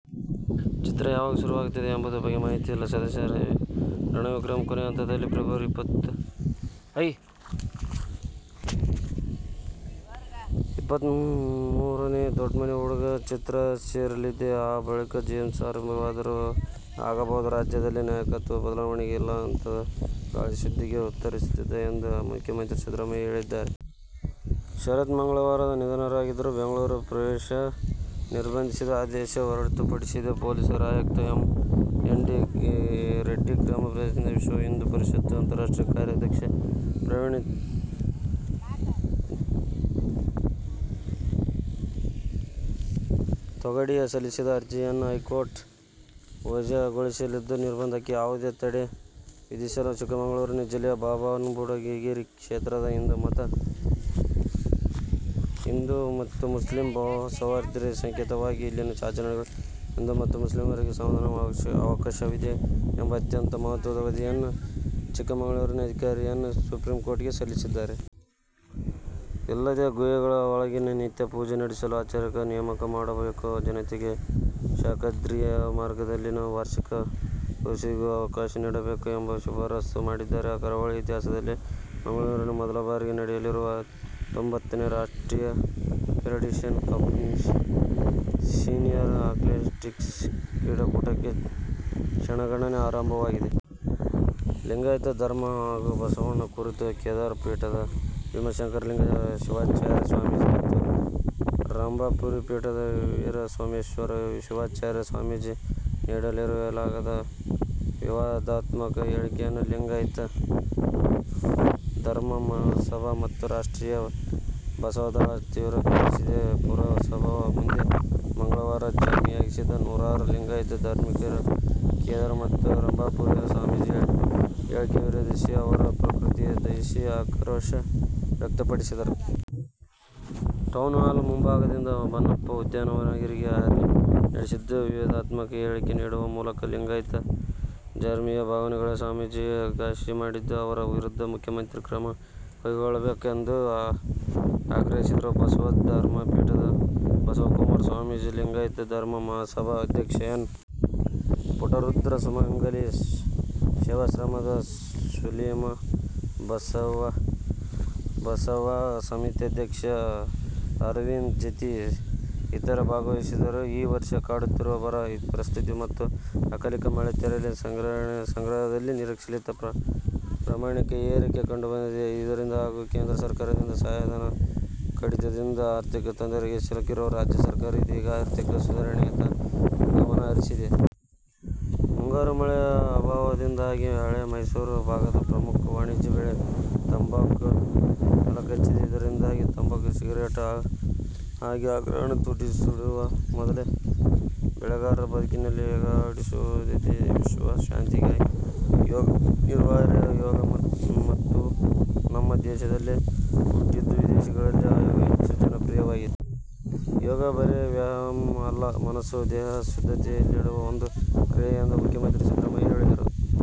ಚಿತ್ರ ಯಾವಾಗ ಶುರುವಾಗುತ್ತದೆ ಎಂಬುದರ ಬಗ್ಗೆ ಮಾಹಿತಿಯಿಲ್ಲ. ಸದ್ಯ "ರಣವಿಕ್ರಮ' ಕೊನೆಯ ಹಂತದಲ್ಲಿದ್ದು, ಫೆಬ್ರವರಿ ಇಪ್ಪತ್ಮೂರಕ್ಕೆ "ದೊಡ್ಮನೆ ಹುಡುಗ' ಚಿತ್ರ ಸೆಟ್ಟೇರಲಿದೆ. ಆ ಬಳಿಕ "ಜೇಮ್ಸ್' ಆರಂಭವಾದರೂ ಆಗಬಹುದು. ರಾಜ್ಯದಲ್ಲಿ ನಾಯಕತ್ವ ಬದಲಾವಣೆ ಇಲ್ಲ. ಇಂತಹ ಗಾಳಿ ಸುದ್ದಿಗಳಿಗೆ ಉತ್ತರಿಸುವುದಿಲ್ಲ ಎಂದು ಮುಖ್ಯಮಂತ್ರಿ ಸಿದ್ದರಾಮಯ್ಯ ಹೇಳಿದ್ದಾರೆ. ಶರತ್ ಮಂಗಳವಾರ ನಿಧನರಾದರು. ಬೆಂಗಳೂರು ಪ್ರವೇಶ ನಿರ್ಬಂಧಿಸಿ ಆದೇಶ ಹೊರಡಿಸಿದ್ದ ಪೊಲೀಸ್ ಆಯುಕ್ತ ಎಂ. ಎನ್. ರೆಡ್ಡಿ ಕ್ರಮ ಪ್ರಶ್ನಿಸಿ ವಿಶ್ವ ಹಿಂದೂ ಪರಿಷತ್ ಅಂತಾರಾಷ್ಟ್ರೀಯ ಕಾರ್ಯಾಧ್ಯಕ್ಷ ಪ್ರವೀಣ್ ತೊಗಾಡಿಯಾ ಸಲ್ಲಿಸಿದ ಅರ್ಜಿಯನ್ನು ಹೈಕೋರ್ಟ್ ವಜಾಗೊಳಿಸಿದ್ದು, ನಿರ್ಬಂಧಕ್ಕೆ ಯಾವುದೇ ತಡೆ ವಿಧಿಸಿಲ್ಲ. ಚಿಕ್ಕಮಗಳೂರು ಜಿಲ್ಲೆಯ ಬಾಬಾಬುಡನಗಿರಿ ಕ್ಷೇತ್ರ ಹಿಂದೂ ಮತ್ತು ಮುಸ್ಲಿಂ ಸೌಹಾರ್ದತೆಯ ಸಂಕೇತವಾಗಿದ್ದು, ಇಲ್ಲಿನ ಆಚರಣೆಗಳಲ್ಲಿ ಹಿಂದೂ ಮತ್ತು ಮುಸ್ಲಿಮರಿಗೆ ಸಮಾನ ಅವಕಾಶವಿದೆ ಎಂಬ ಅತ್ಯಂತ ಮಹತ್ವದ ವರದಿಯನ್ನು ಚಿಕ್ಕಮಗಳೂರಿನ ಜಿಲ್ಲಾಧಿಕಾರಿಯವರು ಸುಪ್ರೀಂಕೋರ್ಟ್ಗೆ ಸಲ್ಲಿಸಿದ್ದಾರೆ. ಅಲ್ಲದೆ, ಗುಹೆಯ ಒಳಗೆ ನಿತ್ಯ ಪೂಜೆ ನಡೆಸಲು ಅರ್ಚಕರ ನೇಮಕ ಮಾಡಬೇಕು. ಜತೆಗೆ, ಶಾಖಾದ್ರಿಯವರ ಮಾರ್ಗದರ್ಶನದಲ್ಲಿ ವಾರ್ಷಿಕ ಉರೂಸಿಗೂ ಅವಕಾಶ ನೀಡಬೇಕು ಎಂದು ಶಿಫಾರಸ್ಸು ಮಾಡಿದ್ದಾರೆ. ಕರಾವಳಿ ಇತಿಹಾಸದಲ್ಲೇ ಮಂಗಳೂರಿನಲ್ಲಿ ಮೊದಲ ಬಾರಿಗೆ ನಡೆಯಲಿರುವ ಹತ್ತೊಂಬತ್ತನೇ ರಾಷ್ಟ್ರೀಯ ಫೆಡರೇಶನ್ ಕಪ್ ಸೀನಿಯರ್ ಆ್ಯತ್ಲೆಟಿಕ್ಸ್ ಕ್ರೀಡಾಕೂಟಕ್ಕೆ ಕ್ಷಣಗಣನೆ ಆರಂಭವಾಗಿದೆ. ಲಿಂಗಾಯತ ಧರ್ಮ ಹಾಗೂ ಬಸವಣ್ಣ ಕುರಿತು ಕೇದಾರ ಪೀಠದ ಭೀಮಾಶಂಕರಲಿಂಗ ಶಿವಾಚಾರ್ಯ ಸ್ವಾಮಿಜಿ ಮತ್ತು ರಂಭಾಪುರಿ ಪೀಠದ ವೀರಸೋಮೇಶ್ವರ ಶಿವಾಚಾರ್ಯ ಸ್ವಾಮೀಜಿ ನೀಡಿರುವರೆನ್ನಲಾದ ವಿವಾದಾತ್ಮಕ ಹೇಳಿಕೆಯನ್ನು ಲಿಂಗಾಯತ ಧರ್ಮ ಮಹಾಸಭಾ ಮತ್ತು ರಾಷ್ಟ್ರೀಯ ಬಸವ ದಳ ತೀವ್ರ ಖಂಡಿಸಿದೆ. ಪುರಭವನ ಮುಂದೆ ಮಂಗಳವಾರ ಜಮಾಯಿಸಿದ ನೂರಾರು ಲಿಂಗಾಯತ ಧರ್ಮೀಯರು, ಕೇದಾರ ಮತ್ತು ರಂಭಾಪುರಿ ಸ್ವಾಮೀಜಿ ಹೇಳಿಕೆ ವಿರೋಧಿಸಿ ಅವರ ಪ್ರತಿಕೃತಿ ದಹಿಸಿ ಆಕ್ರೋಶ ವ್ಯಕ್ತಪಡಿಸಿದರು. ಟೌನ್ ಹಾಲ್ ಮುಂಭಾಗದಿಂದ ಬನಪ್ಪ ಉದ್ಯಾನವನದವರೆಗೆ ರ್ಯಾಲಿ ನಡೆಸಿದರು. ವಿವಾದಾತ್ಮಕ ಹೇಳಿಕೆ ನೀಡುವ ಮೂಲಕ ಲಿಂಗಾಯತ ಧರ್ಮೀಯರ ಭಾವನೆಗಳಿಗೆ ಸ್ವಾಮೀಜಿಗಳು ಘಾಸಿ ಮಾಡಿದ್ದು, ಅವರ ವಿರುದ್ಧ ಮುಖ್ಯಮಂತ್ರಿಗಳು ಕ್ರಮ ಕೈಗೊಳ್ಳಬೇಕೆಂದು ಆಗ್ರಹಿಸಿದರು. ಬಸವ ಧರ್ಮ ಪೀಠದ ಬಸವಕುಮಾರ ಸ್ವಾಮೀಜಿ, ಲಿಂಗಾಯತ ಧರ್ಮ ಮಹಾಸಭಾದ ಅಧ್ಯಕ್ಷ ಎನ್. ಪುಟ್ಟರುದ್ರ, ಸುಮಂಗಲಿ ಸೇವಾಶ್ರಮದ ಸುಶೀಲಮ್ಮ, ಬಸವ ಸಮಿತಿ ಅಧ್ಯಕ್ಷ ಅರವಿಂದ ಜತ್ತಿ ಇತರರು ಭಾಗವಹಿಸಿದ್ದರು. ಈ ವರ್ಷ ಕಾಡುತ್ತಿರುವ ಬರ ಪರಿಸ್ಥಿತಿ ಮತ್ತು ಅಕಾಲಿಕ ಮಳೆ, ತೆರಿಗೆ ಸಂಗ್ರಹದಲ್ಲಿ ನಿರೀಕ್ಷಿತ ಪ್ರಮಾಣದಲ್ಲಿ ಏರಿಕೆ ಕಂಡುಬರದೇ ಇರುವುದು ಹಾಗೂ ಕೇಂದ್ರ ಸರ್ಕಾರದಿಂದ ಸಹಾಯಧನಗಳ ಕಡಿತದಿಂದ ಆರ್ಥಿಕ ತೊಂದರೆಗೆ ಸಿಲುಕಿರುವ ರಾಜ್ಯ ಸರ್ಕಾರ ಇದೀಗ ಆರ್ಥಿಕ ಸುಧಾರಣೆಯತ್ತ ಗಮನಹರಿಸಿದೆ. ಮುಂಗಾರು ಮಳೆಯ ಅಭಾವದಿಂದಾಗಿ ಹಳೆ ಮೈಸೂರು ಭಾಗದ ಪ್ರಮುಖ ವಾಣಿಜ್ಯ ಬೆಳೆ ತಂಬಾಕು ನೆಲಕಚ್ಚಿದೆ. ಇದರಿಂದಾಗಿ ತಂಬಾಕು ಸಿಗರೇಟ್ ಆಗಿ ಗ್ರಾಹಕನ ತುಟಿ ಸುಡುವ ಮೊದಲೇ ಬೆಳೆಗಾರರ ಬದುಕಲ್ಲಿ ಹೊಗೆಯಾಡಿಸುತ್ತಿದೆ. ವಿಶ್ವ ಶಾಂತಿಗಾಗಿ ಯೋಗ ಅನಿವಾರ್ಯ. ಯೋಗ ನಮ್ಮ ದೇಶದಲ್ಲೇ ಹುಟ್ಟಿದ್ದು. ವಿದೇಶಗಳಲ್ಲಿ ಯೋಗ ಹೆಚ್ಚು ಜನಪ್ರಿಯವಾಗಿದೆ. ಯೋಗ ಬರೇ ವ್ಯಾಯಾಮ ಅಲ್ಲ, ಮನಸ್ಸು ದೇಹ ಸುಸ್ಥಿತಿಯಲ್ಲಿಡುವ ಒಂದು ಕ್ರಿಯೆ ಎಂದು ಮುಖ್ಯಮಂತ್ರಿ ಸಿದ್ದರಾಮಯ್ಯ ಹೇಳಿದರು.